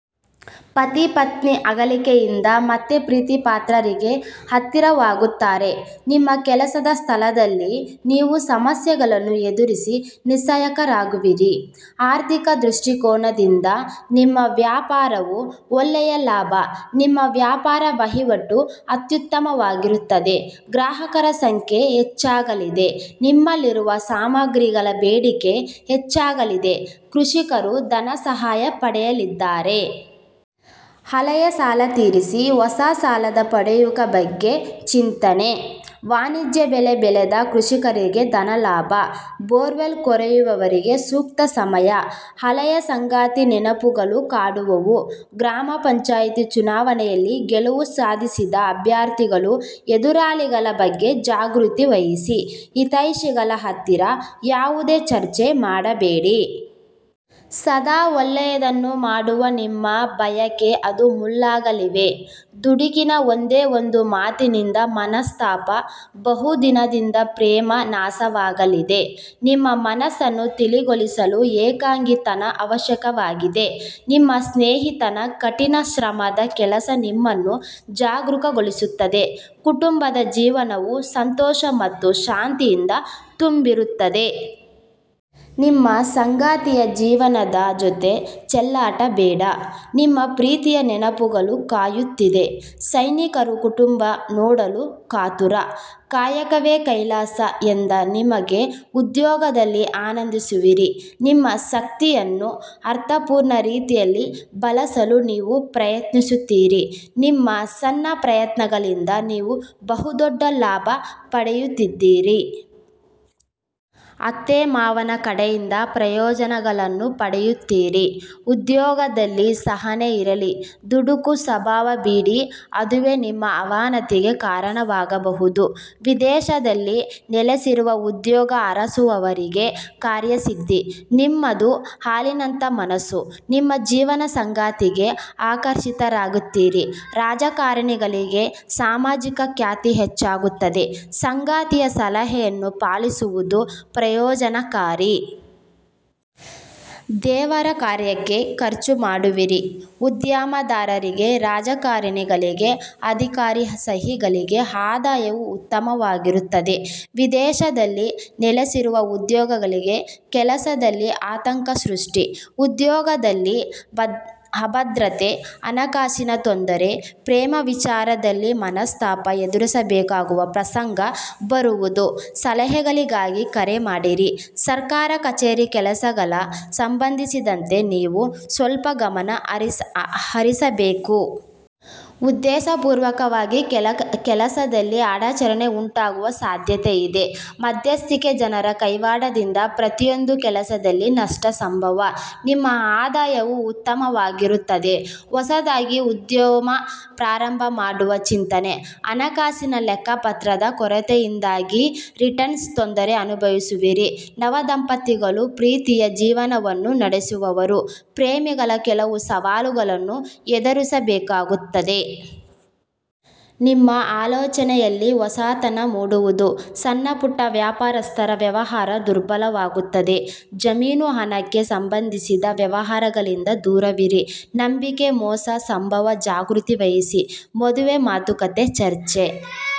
ಪತಿ-ಪತ್ನಿ ಅಗಲಿಕೆಯಿಂದ ಮತ್ತೆ ಪ್ರೀತಿಪಾತ್ರರಿಗೆ ಹತ್ತಿರವಾಗುತ್ತಾರೆ. ನಿಮ್ಮ ಕೆಲಸದ ಸ್ಥಳದಲ್ಲಿ ನೀವು ಸಮಸ್ಯೆಗಳನ್ನು ಎದುರಿಸಿ ನಿಸ್ಸಾಯಕರಾಗುವಿರಿ. ಆರ್ಥಿಕ ದೃಷ್ಟಿಕೋನದಿಂದ ನಿಮ್ಮ ವ್ಯಾಪಾರವು ಒಳ್ಳೆಯ ಲಾಭ. ನಿಮ್ಮ ವ್ಯಾಪಾರ ವಹಿವಾಟು ಅತ್ಯುತ್ತಮವಾಗಿರುತ್ತದೆ. ಗ್ರಾಹಕರ ಸಂಖ್ಯೆ ಹೆಚ್ಚಾಗಲಿದೆ, ನಿಮ್ಮಲ್ಲಿರುವ ಸಾಮಗ್ರಿಗಳ ಬೇಡಿಕೆ ಹೆಚ್ಚಾಗಲಿದೆ. ಕೃಷಿಕರು ಧನ ಸಹಾಯ ಪಡೆಯಲಿದ್ದಾರೆ. ಹಳೆಯ ಸಾಲ ತೀರಿಸಿ, ಹೊಸ ಸಾಲ ಪಡೆಯುವ ಬಗ್ಗೆ ಚಿಂತನೆ. ವಾಣಿಜ್ಯ ಬೆಳೆ ಬೆಳೆದ ಕೃಷಿಕರಿಗೆ ಧನಲಾಭ. ಬೋರ್ವೆಲ್ ಕೊರೆಯುವರಿಗೆ ಸೂಕ್ತ ಸಮಯ. ಹಳೆಯ ಸಂಗಾತಿ ನೆನಪುಗಳು ಕಾಡುವವು. ಗ್ರಾಮ ಪಂಚಾಯಿತಿ ಚುನಾವಣೆಯಲ್ಲಿ ಗೆಲುವು ಸಾಧಿಸಿದ ಅಭ್ಯರ್ಥಿಗಳು ಎದುರಾಳಿಗಳ ಬಗ್ಗೆ ಜಾಗೃತಿ ವಹಿಸಿ. ಹಿತೈಷಿಗಳ ಹತ್ತಿರ ಯಾವುದೇ ಚರ್ಚೆ ಮಾಡಬೇಡಿ. ಸದಾ ಒಳ್ಳೆಯದನ್ನು ಮಾಡುವ ನಿಮ್ಮ ಬಯಕೆ ಅದು ಮುಳ್ಳಾಗಲಿವೆ. ದುಡುಕಿನ ಒಂದೇ ಒಂದು ಮಾತಿನಿಂದ ಮನಸ್ತಾಪ ಬಹುದಿನದ ಪ್ರೇಮ ನಾಶವಾಗಲಿದೆ. ನಿಮ್ಮ ಮನಸ್ಸನ್ನು ತಿಳಿಗೊಳಿಸಲು ಏಕಾಂಗಿತನ ಅವಶ್ಯಕವಾಗಿದೆ. ನಿಮ್ಮ ಸ್ನೇಹಿತನ ಕಠಿಣ ಶ್ರಮದ ಕೆಲಸ ನಿಮ್ಮನ್ನು ಜಾಗೃತಗೊಳಿಸುತ್ತದೆ. ಕುಟುಂಬದ ಜೀವನವು ಸಂತೋಷ ಮತ್ತು ಶಾಂತಿಯಿಂದ ತುಂಬಿರುತ್ತದೆ. ನಿಮ್ಮ ಸಂಗಾತಿಯ ಜೀವನದ ಜೊತೆ ಚೆಲ್ಲಾಟ ಬೇಡ. ನಿಮ್ಮ ಪ್ರೀತಿಯ ನೆನಪುಗಳು ಕಾಯುತ್ತಿದೆ. ಸೈನಿಕರು ಕುಟುಂಬ ನೋಡಲು ಕಾತುರ. "ಕಾಯಕವೇ ಕೈಲಾಸ "ಎಂದ ನಿಮಗೆ ಉದ್ಯೋಗದಲ್ಲಿ ಆನಂದಿಸುವಿರಿ. ನಿಮ್ಮ ಶಕ್ತಿಯನ್ನು ಅರ್ಥಪೂರ್ಣ ರೀತಿಯಲ್ಲಿ ಬಳಸಲು ನೀವು ಪ್ರಯತ್ನಿಸುತ್ತೀರಿ. ನಿಮ್ಮ ಸಣ್ಣ ಪ್ರಯತ್ನಗಳಿಂದ ನೀವು ಬಹುದೊಡ್ಡ ಲಾಭ ಪಡೆದಿದ್ದೀರಿ. ಅತ್ತೆ-ಮಾವನ ಕಡೆಯಿಂದ ಪ್ರಯೋಜನಗಳನ್ನು ಪಡೆಯುತ್ತೀರಿ. ಉದ್ಯೋಗದಲ್ಲಿ ಸಹನೆ ಇರಲಿ ದುಡುಕು ಸಭಾವ ಬಿಡಿ ಅದುವೇ ನಿಮ್ಮ ಅವನತಿಗೆ ಕಾರಣವಾಗಬಹುದು. ವಿದೇಶದಲ್ಲಿ ನೆಲೆಸಿರುವ ಉದ್ಯೋಗ ಅರಸುವವರಿಗೆ ಕಾರ್ಯಸಿದ್ಧಿ, ನಿಮ್ಮದು ಹಾಲಿನಂತ ಮನಸ್ಸು, ನಿಮ್ಮ ಜೀವನ ಸಂಗಾತಿಗೆ ಆಕರ್ಷಿತರಾಗುತ್ತೀರಿ. ರಾಜಕಾರಣಿಗಳಿಗೆ ಸಾಮಾಜಿಕ ಖ್ಯಾತಿ ಹೆಚ್ಚಾಗುತ್ತದೆ. ಸಂಗಾತಿಯ ಸಲಹೆಯನ್ನು ಪಾಲಿಸುವುದು ಪ್ರಯೋಜನಕಾರಿ. ದೇವರ ಕಾರ್ಯಕ್ಕೆ ಖರ್ಚು ಮಾಡುವಿರಿ. ಉದ್ಯಮ ದಾರರಿಗೆ, ರಾಜಕಾರಣಿಗಳಿಗೆ, ಅಧಿಕಾರಿಶಾಹಿ ಗಳಿಗೆ ಆದಾಯವೂ ಉತ್ತಮವಾಗಿರುತ್ತದೆ. ವಿದೇಶದಲ್ಲಿ ನೆಲೆಸಿರುವ ಉದ್ಯೋಗಿಗಳಿಗೆ ಕೆಲಸದಲ್ಲಿ ಆತಂಕ ಸೃಷ್ಟಿ, ಉದ್ಯೋಗದಲ್ಲಿ ಅಭದ್ರತೆ, ಹಣಕಾಸಿನಲ್ಲಿ ತೊಂದರೆ, ಪ್ರೇಮ ವಿಚಾರದಲ್ಲಿ ಮನಸ್ತಾಪ ಎದುರಿಸಬೇಕಾಗುವ ಪ್ರಸಂಗ ಬರುವುದು. ಸಲಹೆಗಳಿಗಾಗಿ ಕರೆ ಮಾಡಿರಿ. ಸರ್ಕಾರಿ ಕಛೇರಿ ಕೆಲಸಗಳ ಸಂಬಂಧಿಸಿದಂತೆ ನೀವು ಸ್ವಲ್ಪ ಗಮನ ಹರಿಸಬೇಕು. ಉದ್ದೇಶ ಪೂರ್ವಕವಾಗಿ ಕೆಲಸದಲ್ಲಿ ಅಡಚಣೆ ಉಂಟಾಗುವ ಸಾಧ್ಯತೆಯಿದೆ. ಮಧ್ಯಸ್ಥಿಕೆ ಜನರ ಕೈವಾಡದಿಂದ ಪ್ರತಿಯೊಂದು ಕೆಲಸದಲ್ಲಿ ನಷ್ಟ ಸಂಭವ. ನಿಮ್ಮ ಆದಾಯವು ಉತ್ತಮವಾಗಿರುತ್ತದೆ. ಹೊಸದಾಗಿ ಉದ್ಯಮ ಪ್ರಾರಂಭ ಮಾಡುವ ಚಿಂತನೆ. ಹಣಕಾಸಿನ ಲೆಕ್ಕಪತ್ರದ ಕೊರತೆಯಿಂದಾಗಿ ರಿಟರ್ನ್ಸ್ ತೊಂದರೆ ಅನುಭವಿಸುವಿರಿ. ನವದಂಪತಿಗಳು ಪ್ರೀತಿಯ ಜೀವನವನ್ನು ನಡೆಸುವವರು. ಪ್ರೇಮಿಗಳು ಕೆಲವು ಸವಾಲುಗಳನ್ನು ಎದುರಿಸಬೇಕಾಗುತ್ತದೆ. ನಿಮ್ಮ ಆಲೋಚನೆಯಲ್ಲಿ ಹೊಸತನ ಮೂಡುವುದು. ಸಣ್ಣಪುಟ್ಟ ವ್ಯಾಪಾರಸ್ಥರ ವ್ಯವಹಾರ ದುರ್ಬಲವಾಗಿರುತ್ತದೆ. ಜಾಮೀನು ಹಣಕ್ಕೆ ಸಂಬಂಧಿಸಿದ ವ್ಯವಹಾರಗಳಿಂದ ದೂರವಿರಿ. ನಂಬಿಕೆ ಮೋಸ ಸಂಭವ ಜಾಗೃತಿ ವಹಿಸಿ. ಮದುವೆ ಮಾತುಕತೆ ಚರ್ಚೆ.